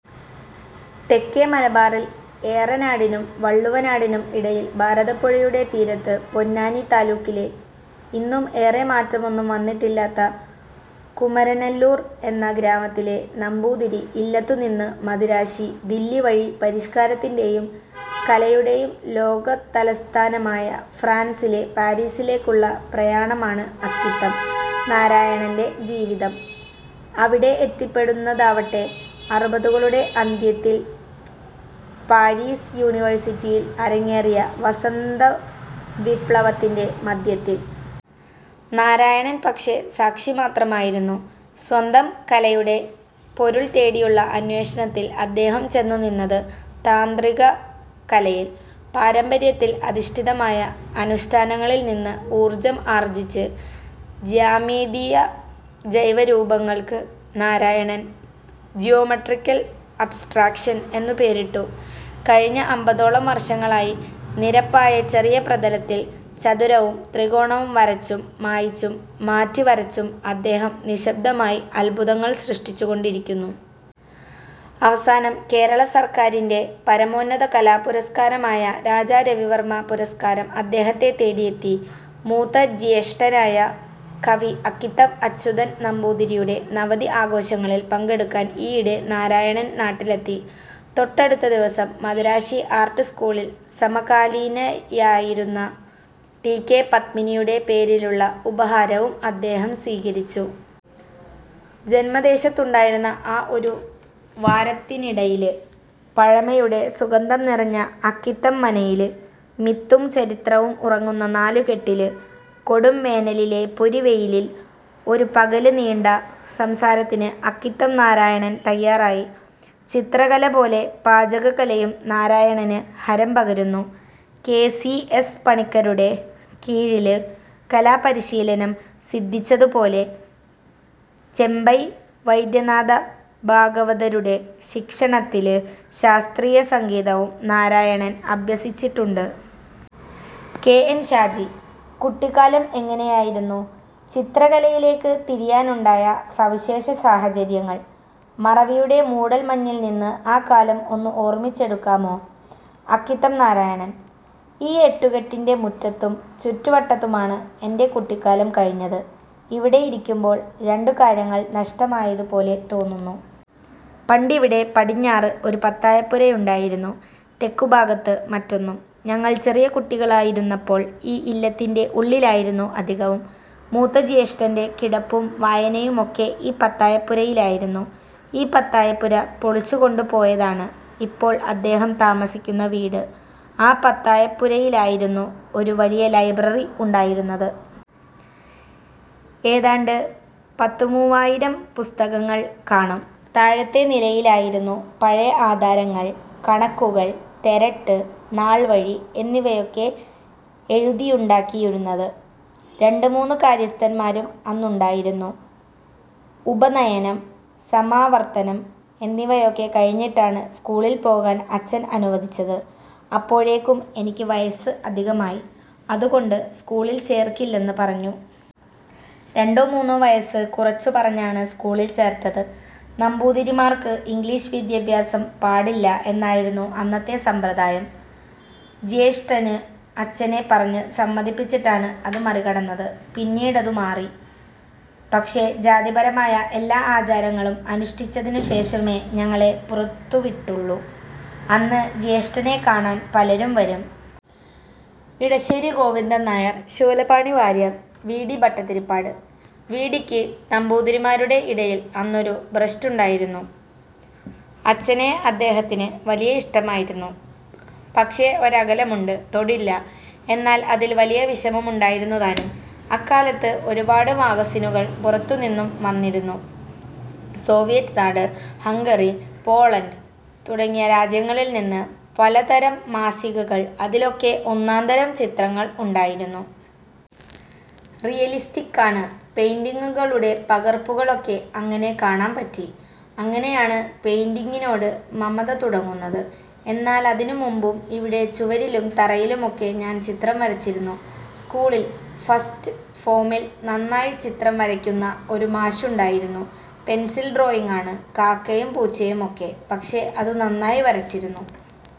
തെക്കേ മലബാറിൽ ഏറനാടിനും വള്ളുവനാടിനും ഇടയിൽ, ഭാരതപ്പുഴയുടെ തീരത്ത്, പൊന്നാനി താലൂക്കിലെ ഇന്നും ഏറെ മാറ്റമൊന്നും വന്നിട്ടില്ലാത്ത കുമരനല്ലൂർ എന്ന ഗ്രാമത്തിലെ നമ്പൂതിരി ഇല്ലത്തുനിന്ന് മദിരാശി, ദില്ലി വഴി പരിഷ്കാരത്തിന്റെയും കലയുടെയും ലോകതലസ്ഥാനമായ ഫ്രാൻസിലെ പാരീസിലേക്കുള്ള പ്രയാണമാണ് അക്കിത്തം നാരായണന്റെ ജീവിതം. അവിടെ എത്തിപ്പെടുന്നതാവട്ടെ അറുപതുകളുടെ അന്ത്യത്തിൽ, പാരീസ് യൂണിവേഴ്സിറ്റിയിൽ അരങ്ങേറിയ ' വസന്തവിപ്ലവ'ത്തിന്റെ മധ്യത്തിൽ. നാരായണൻ പക്ഷേ, സാക്ഷി മാത്രമായിരുന്നു. സ്വന്തം കലയുടെ പൊരുൾ തേടിയുള്ള അന്വേഷണത്തിൽ അദ്ദേഹം ചെന്നുനിന്നത് താന്ത്രിക കലയിൽ. പാരമ്പര്യത്തിൽ അധിഷ്ഠിതമായ അനുഷ്ഠാനങ്ങളിൽ നിന്ന് ഉർജ്ജം ആർജിച് ജ്യാമിതീയ ജൈവരൂപങ്ങൾക്ക് നാരായണൻ ' ജ്യോമട്രിക്കൽ അബ്സ്ട്രാക്ഷൻ ' എന്നു പേരിട്ടു. കഴിഞ്ഞ അമ്പതോളം വർഷങ്ങളായി നിരപ്പായ ചെറിയ പ്രതലത്തിൽ, ചതുരവും ത്രികോണവും വരച്ചും മായ്ച്ചും മാറ്റിവരച്ചും അദ്ദേഹം നിശ്ശബ്ദമായി അദ്ഭുതങ്ങൾ സൃഷ്ടിച്ചുകൊണ്ടിരിക്കുന്നു. അവസാനം, കേരള സർക്കാരിന്റെ പരമോന്നത കലാപുരസ്കാരമായ രാജാ രവിവർമ്മ പുരസ്കാരം അദ്ദേഹത്തെ തേടിയെത്തി. മൂത്ത ജ്യേഷ്ഠനായ കവി അക്കിത്തം അച്യുതൻ നമ്പൂതിരിയുടെ നവതി ആഘോഷങ്ങളിൽ പങ്കെടുക്കാൻ ഈയിടെ നാരായണൻ നാട്ടിലെത്തി. തൊട്ടടുത്ത ദിവസം മദിരാശി ആർട്ട് സ്കൂളിൽ സമകാലീനയായിരുന്ന ടി. കെ. പത്മിനിയുടെ പേരിലുള്ള ഉപഹാരവും അദ്ദേഹം സ്വീകരിച്ചു. ജന്മദേശത്തുണ്ടായിരുന്ന ആ ഒരു വാരത്തിനിടയില്, പഴമയുടെ സുഗന്ധംനിറഞ്ഞ അക്കിത്തം മനയില് മിത്തും ചരിത്രവും ഉറങ്ങുന്ന നാലുകെട്ടില്, കൊടുംവേനലിലെ പൊരിവെയിലിൽ, ഒരു പകല് നീണ്ട സംസാരത്തിന് അക്കിത്തം നാരായണൻ തയ്യാറായി. ചിത്രകലപോലെ പാചകകലയും നാരായണന് ഹരം പകരുന്നു. കെ. സി. എസ്. പണിക്കരുടെ കീഴില് കലാപരിശീലനം സിദ്ധിച്ചതുപോലെ, ചെമ്പൈ വൈദ്യനാഥ ഭാഗവതരുടെ ശിക്ഷണത്തില് ശാസ്ത്രീയ സംഗീതവും നാരായണൻ അഭ്യസിച്ചിട്ടുണ്ട്. കെ. എൻ. ഷാജി: കുട്ടിക്കാലം എങ്ങനെയായിരുന്നു? ചിത്രകലയിലേക്ക് തിരിയാനുണ്ടായ സവിശേഷ സാഹചര്യങ്ങൾ? മറവിയുടെ മൂടൽ മഞ്ഞിൽ നിന്ന് ആ കാലം ഒന്ന് ഓർമിച്ചെടുക്കാമോ. അക്കിത്തം നാരായണൻ: ഈ എട്ടുകെട്ടിന്റെ മുറ്റത്തും ചുറ്റുവട്ടത്തുമാണ് എന്റെ കുട്ടിക്കാലം കഴിഞ്ഞത്. ഇവിടെ ഇരിക്കുമ്പോൾ, രണ്ടു കാര്യങ്ങൾ നഷ്ടമായതുപോലെ തോന്നുന്നു. പണ്ടിവിടെ പടിഞ്ഞാറ് ഒരു പത്തായപ്പുരയുണ്ടായിരുന്നു. തെക്കുഭാഗത്ത് മറ്റൊന്നും. ഞങ്ങൾ ചെറിയ കുട്ടികളായിരുന്നപ്പോൾ, ഈ ഇല്ലത്തിന്റെ ഉള്ളിലായിരുന്നു അധികവും. മൂത്ത ജ്യേഷ്ഠന്റെ കിടപ്പും വായനയുമൊക്കെ ഈ പത്തായപ്പുരയിലായിരുന്നു. ഈ പത്തായപ്പുര പൊളിച്ചുകൊണ്ടുപോയതാണ് ഇപ്പോൾ അദ്ദേഹം താമസിക്കുന്ന വീട്. ആ പത്തായപ്പുരയിലായിരുന്നു ഒരു വലിയ ലൈബ്രറി ഉണ്ടായിരുന്നത്. ഏതാണ്ട് പത്തുമൂവായിരം പുസ്തകങ്ങൾ കാണും. താഴത്തെ നിലയിലായിരുന്നു, പഴയ ആധാരങ്ങൾ, കണക്കുകൾ, തെരട്ട്, നാൾവഴി എന്നിവയൊക്കെ എഴുതിയുണ്ടാക്കിയിരുന്നത്. രണ്ടുമൂന്ന് കാര്യസ്ഥന്മാരും അന്നുണ്ടായിരുന്നു. ഉപനയനം, സമാവർത്തനം എന്നിവയൊക്കെ കഴിഞ്ഞിട്ടാണ് സ്കൂളിൽ പോകാൻ അച്ഛൻ അനുവദിച്ചത്. അപ്പോഴേക്കും എനിക്ക് വയസ്സ് അധികമായി. അതുകൊണ്ട് സ്കൂളിൽ ചേർക്കില്ലെന്ന് പറഞ്ഞു. രണ്ടോ മൂന്നോ വയസ്സ് കുറച്ചുപറഞ്ഞാണ് സ്കൂളിൽ ചേർത്തത്. നമ്പൂതിരിമാർക്ക് ഇംഗ്ലീഷ് വിദ്യാഭ്യാസം പാടില്ല എന്നായിരുന്നു അന്നത്തെ സമ്പ്രദായം. ജ്യേഷ്ഠന് അച്ഛനെ പറഞ്ഞ് സമ്മതിപ്പിച്ചിട്ടാണ് അത് മറികടന്നത്. പിന്നീടതു മാറി. പക്ഷേ, ജാതിപരമായ എല്ലാ ആചാരങ്ങളും അനുഷ്ഠിച്ചതിനുശേഷമേ ഞങ്ങളെ പുറത്തുവിട്ടുള്ളൂ. അന്ന് ജ്യേഷ്ഠനെ കാണാൻ പലരും വരും. Edasseri Govindan Nair, Shoolapani Warrier, V. T. Bhattathiripad. V. T. ക്ക് നമ്പൂതിരിമാരുടെ ഇടയിൽ അന്നൊരു ഭ്രഷ്ടുണ്ടായിരുന്നു. അച്ഛനെ അദ്ദേഹത്തിന് വലിയ ഇഷ്ടമായിരുന്നു. പക്ഷേ, ഒരകലമുണ്ട്, തൊടില്ല. എന്നാൽ അതിൽ വലിയ വിഷമമുണ്ടായിരുന്നുതാനും. അക്കാലത്ത് ഒരുപാട് മാഗസിനുകൾ പുറത്തുനിന്നും വന്നിരുന്നു. സോവിയറ്റ് നാട്, ഹംഗറി, പോളണ്ട് തുടങ്ങിയ രാജ്യങ്ങളിൽ നിന്ന് പലതരം മാസികകൾ, അതിലൊക്കെ ഒന്നാന്തരം ചിത്രങ്ങൾ ഉണ്ടായിരുന്നു. റിയലിസ്റ്റിക്കാണ്. പെയിന്റിങ്ങുകളുടെ പകർപ്പുകളൊക്കെ അങ്ങനെ കാണാൻ പറ്റി. അങ്ങനെയാണ് പെയിന്റിങ്ങിനോട് മമത തുടങ്ങുന്നത്. എന്നാലതിനുമുമ്പും ഇവിടെ ചുവരിലും തറയിലുമൊക്കെ ഞാൻ ചിത്രം വരച്ചിരുന്നു. സ്കൂളിൽ, ഫസ്റ്റ് ഫോമിൽ നന്നായി ചിത്രം വരയ്ക്കുന്ന ഒരു മാഷുണ്ടായിരുന്നു. പെൻസിൽ ഡ്രോയിങ്ങാണ്, കാക്കയും പൂച്ചയുമൊക്കെ. പക്ഷേ, അതു നന്നായി വരച്ചിരുന്നു.